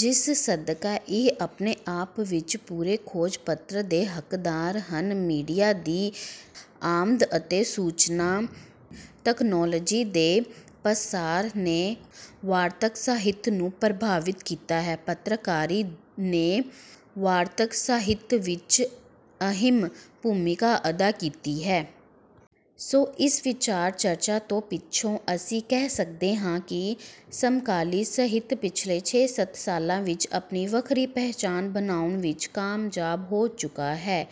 ਜਿਸ ਸਦਕਾ ਇਹ ਆਪਣੇ ਆਪ ਵਿੱਚ ਪੂਰੇ ਖੋਜ-ਪੱਤਰ ਦੇ ਹੱਕਦਾਰ ਹਨ। ਮੀਡੀਆ ਦੀ ਆਮਦ ਅਤੇ ਸੂਚਨਾ ਤਕਨਾਲੋਜੀ ਦੇ ਪਸਾਰ ਨੇ ਵਾਰਤਕ ਸਾਹਿਤ ਨੂੰ ਪ੍ਰਭਾਵਿਤ ਕੀਤਾ ਹੈ। ਪੱਤਰਕਾਰੀ ਨੇ ਵਾਰਤਕ ਸਾਹਿਤ ਵਿੱਚ ਅਹਿਮ ਭੂਮਿਕਾ ਅਦਾ ਕੀਤੀ ਹੈ। ਸੋ ਇਸ ਵਿਚਾਰ-ਚਰਚਾ ਤੋਂ ਪਿੱਛੋਂ ਅਸੀਂ ਕਹਿ ਸਕਦੇ ਹਾਂ ਕਿ ਸਮਕਾਲੀ ਸਾਹਿਤ ਪਿਛਲੇ ਛੇ-ਸੱਤ ਸਾਲਾਂ ਵਿੱਚ ਆਪਣੀ ਵੱਖਰੀ ਪਛਾਣ ਬਣਾਉਣ ਵਿੱਚ ਕਾਮਯਾਬ ਹੋ ਚੁੱਕਾ ਹੈ।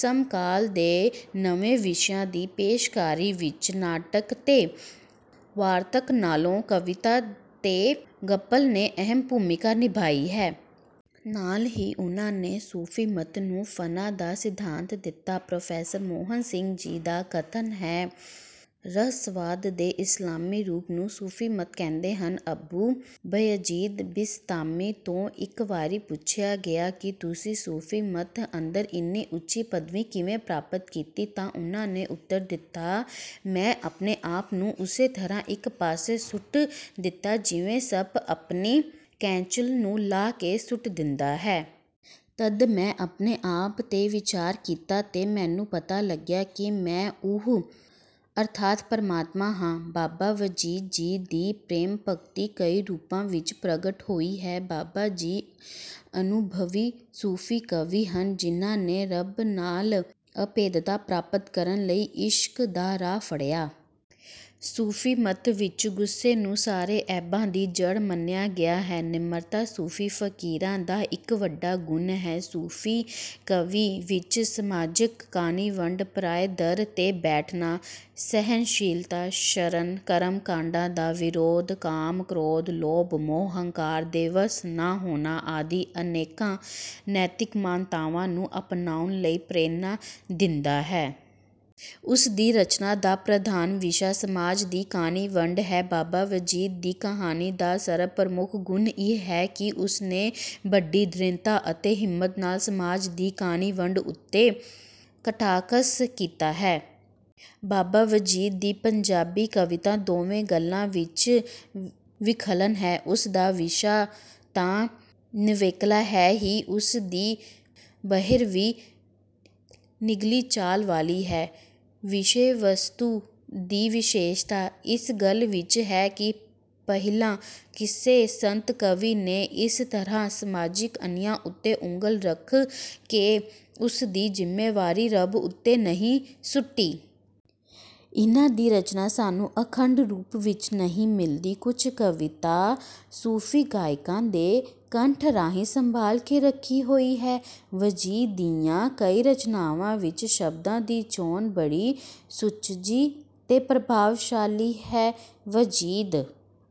ਸਮਕਾਲ ਦੇ ਨਵੇਂ ਵਿਸ਼ਿਆਂ ਦੀ ਪੇਸ਼ਕਾਰੀ ਵਿੱਚ ਨਾਟਕ ਤੇ ਵਾਰਤਕ ਨਾਲੋਂ ਕਵਿਤਾ ਤੇ ਗਪਲ ਨੇ ਅਹਿਮ ਭੂਮਿਕਾ ਨਿਭਾਈ ਹੈ। ਨਾਲ ਹੀ ਉਨ੍ਹਾਂ ਨੇ ਸੂਫ਼ੀਮਤ ਨੂੰ 'ਫਨਾ' ਦਾ ਸਿਧਾਂਤ ਦਿੱਤਾ। ਪ੍ਰੋਫੈਸਰ ਮੋਹਨ ਸਿੰਘ ਜੀ ਦਾ ਕਥਨ ਹੈ, "ਰਹੱਸਵਾਦ ਦੇ ਇਸਲਾਮੀ ਰੂਪ ਨੂੰ ਸੂਫ਼ੀਮਤ ਕਹਿੰਦੇ ਹਨ।" ਅਬੂ ਬਯਜੀਦ ਬਿਸਤਾਮੀ ਤੋਂ ਇੱਕ ਵਾਰੀ ਪੁੱਛਿਆ ਗਿਆ ਕਿ ਤੁਸੀਂ ਸੂਫ਼ੀਮਤ ਅੰਦਰ ਇੰਨੀ ਉੱਚੀ ਪਦਵੀ ਕਿਵੇਂ ਪ੍ਰਾਪਤ ਕੀਤੀ, ਤਾਂ ਉਨ੍ਹਾਂ ਨੇ ਉੱਤਰ ਦਿੱਤਾ, "ਮੈਂ ਆਪਣੇ ਆਪ ਨੂੰ ਉਸੇ ਤਰ੍ਹਾਂ ਇੱਕ ਪਾਸੇ ਸੁੱਟ ਦਿੱਤਾ ਜਿਵੇਂ ਸੱਪ ਆਪਣੀ ਕੈਂਚੁਲ ਨੂੰ ਲਾਹ ਕੇ ਸੁੱਟ ਦਿੰਦਾ ਹੈ। ਤਦ ਮੈਂ ਆਪਣੇ ਆਪ ਤੇ ਵਿਚਾਰ ਕੀਤਾ ਤੇ ਮੈਨੂੰ ਪਤਾ ਲੱਗ ਗਿਆ ਕਿ ਮੈਂ ਉਹ, ਅਰਥਾਤ ਪਰਮਾਤਮਾ ਹਾਂ।" ਬਾਬਾ ਵਜੀਦ ਜੀ ਦੀ ਪ੍ਰੇਮਾ-ਭਗਤੀ ਕਈ ਰੂਪਾਂ ਵਿੱਚ ਪ੍ਰਗਟ ਹੋਈ ਹੈ। ਬਾਬਾ ਜੀ ਅਨੁਭਵੀ ਸੂਫ਼ੀ ਕਵੀ ਹਨ ਜਿਨ੍ਹਾਂ ਨੇ ਰੱਬ ਨਾਲ ਅਭੇਦਤਾ ਪ੍ਰਾਪਤ ਕਰਨ ਲਈ ਇਸ਼ਕ ਦਾ ਰਾਹ ਫੜਿਆ। ਸੂਫ਼ੀਮਤ ਵਿੱਚ ਗੁੱਸੇ ਨੂੰ ਸਾਰੇ ਐਬਾਂ ਦੀ ਜੜ੍ਹ ਮੰਨਿਆ ਗਿਆ ਹੈ। ਨਿਮਰਤਾ ਸੂਫ਼ੀ ਫਕੀਰਾਂ ਦਾ ਇੱਕ ਵੱਡਾ ਗੁਣ ਹੈ। ਸੂਫ਼ੀ ਕਾਵਿ ਵਿੱਚ ਸਮਾਜਕ ਕਾਣੀ ਵੰਡ, ਪਰਾਏ ਦਰ ਤੇ ਬੈਠਣਾ, ਸਹਿਣਸ਼ੀਲਤਾ, ਸ਼ਰਨ, ਕਰਮ-ਕਾਂਡਾਂ ਦਾ ਵਿਰੋਧ, ਕਾਮ, ਕ੍ਰੋਧ, ਲੋਭ, ਮੋਹ, ਹੰਕਾਰ ਦੇ ਵੱਸ ਨਾ ਹੋਣਾ ਆਦਿ ਅਨੇਕਾਂ ਨੈਤਿਕ ਮਾਨਤਾਵਾਂ ਨੂੰ ਅਪਣਾਉਣ ਲਈ ਪ੍ਰੇਰਨਾ ਦਿੰਦਾ ਹੈ। ਉਸ ਦੀ ਰਚਨਾ ਦਾ ਪ੍ਰਧਾਨ ਵਿਸ਼ਾ ਸਮਾਜ ਦੀ ਕਾਣੀ ਵੰਡ ਹੈ। ਬਾਬਾ ਵਜੀਦ ਦੀ ਕਵਿਤਾ ਦਾ ਸਰਬ-ਪ੍ਰਮੁੱਖ ਗੁਣ ਇਹ ਹੈ ਕਿ ਉਸਨੇ ਵੱਡੀ ਦ੍ਰਿੜ੍ਹਤਾ ਅਤੇ ਹਿੰਮਤ ਨਾਲ ਸਮਾਜ ਦੀ ਕਾਣੀ ਵੰਡ ਉੱਤੇ ਕਟਾਖ਼ਸ਼ ਕੀਤਾ ਹੈ। ਬਾਬਾ ਵਜੀਦ ਦੀ ਪੰਜਾਬੀ ਕਵਿਤਾ ਦੋਵੇਂ ਗੱਲਾਂ ਵਿੱਚ ਵਿਖੱਲਣ ਹੈ। ਉਸਦਾ ਵਿਸ਼ਾ ਤਾਂ ਨਿਵੇਕਲਾ ਹੈ ਹੀ, ਉਸਦੀ ਬਹਿਰ ਵੀ ਨਿਗਲੀ ਚਾਲ ਵਾਲੀ ਹੈ। ਵਿਸ਼ੇ-ਵਸਤੂ ਦੀ ਵਿਸ਼ੇਸ਼ਤਾ ਇਸ ਗੱਲ ਵਿੱਚ ਹੈ ਕਿ ਪਹਿਲਾਂ ਕਿਸੇ ਸੰਤ-ਕਵੀ ਨੇ ਇਸ ਤਰ੍ਹਾਂ ਸਮਾਜਕ ਅਨਿਆਂ ਉੱਤੇ ਉਂਗਲ ਰੱਖ ਕੇ ਉਸਦੀ ਜ਼ਿੰਮੇਵਾਰੀ ਰੱਬ ਉੱਤੇ ਨਹੀਂ ਸੁੱਟੀ। ਇਨ੍ਹਾਂ ਦੀ ਰਚਨਾ ਸਾਨੂੰ ਅਖੰਡ ਰੂਪ ਵਿੱਚ ਨਹੀਂ ਮਿਲਦੀ। ਕੁਝ ਕਵਿਤਾ ਸੂਫ਼ੀ ਗਾਇਕਾਂ ਦੇ ਕੰਠ ਰਾਹੀਂ ਸੰਭਾਲ ਕੇ ਰੱਖੀ ਹੋਈ ਹੈ। ਵਜੀਦ ਦੀਆਂ ਕਈ ਰਚਨਾਵਾਂ ਵਿੱਚ ਸ਼ਬਦਾਂ ਦੀ ਚੋਣ ਬੜੀ ਸੁਚੱਜੀ ਤੇ ਪ੍ਰਭਾਵਸ਼ਾਲੀ ਹੈ। ਵਜੀਦ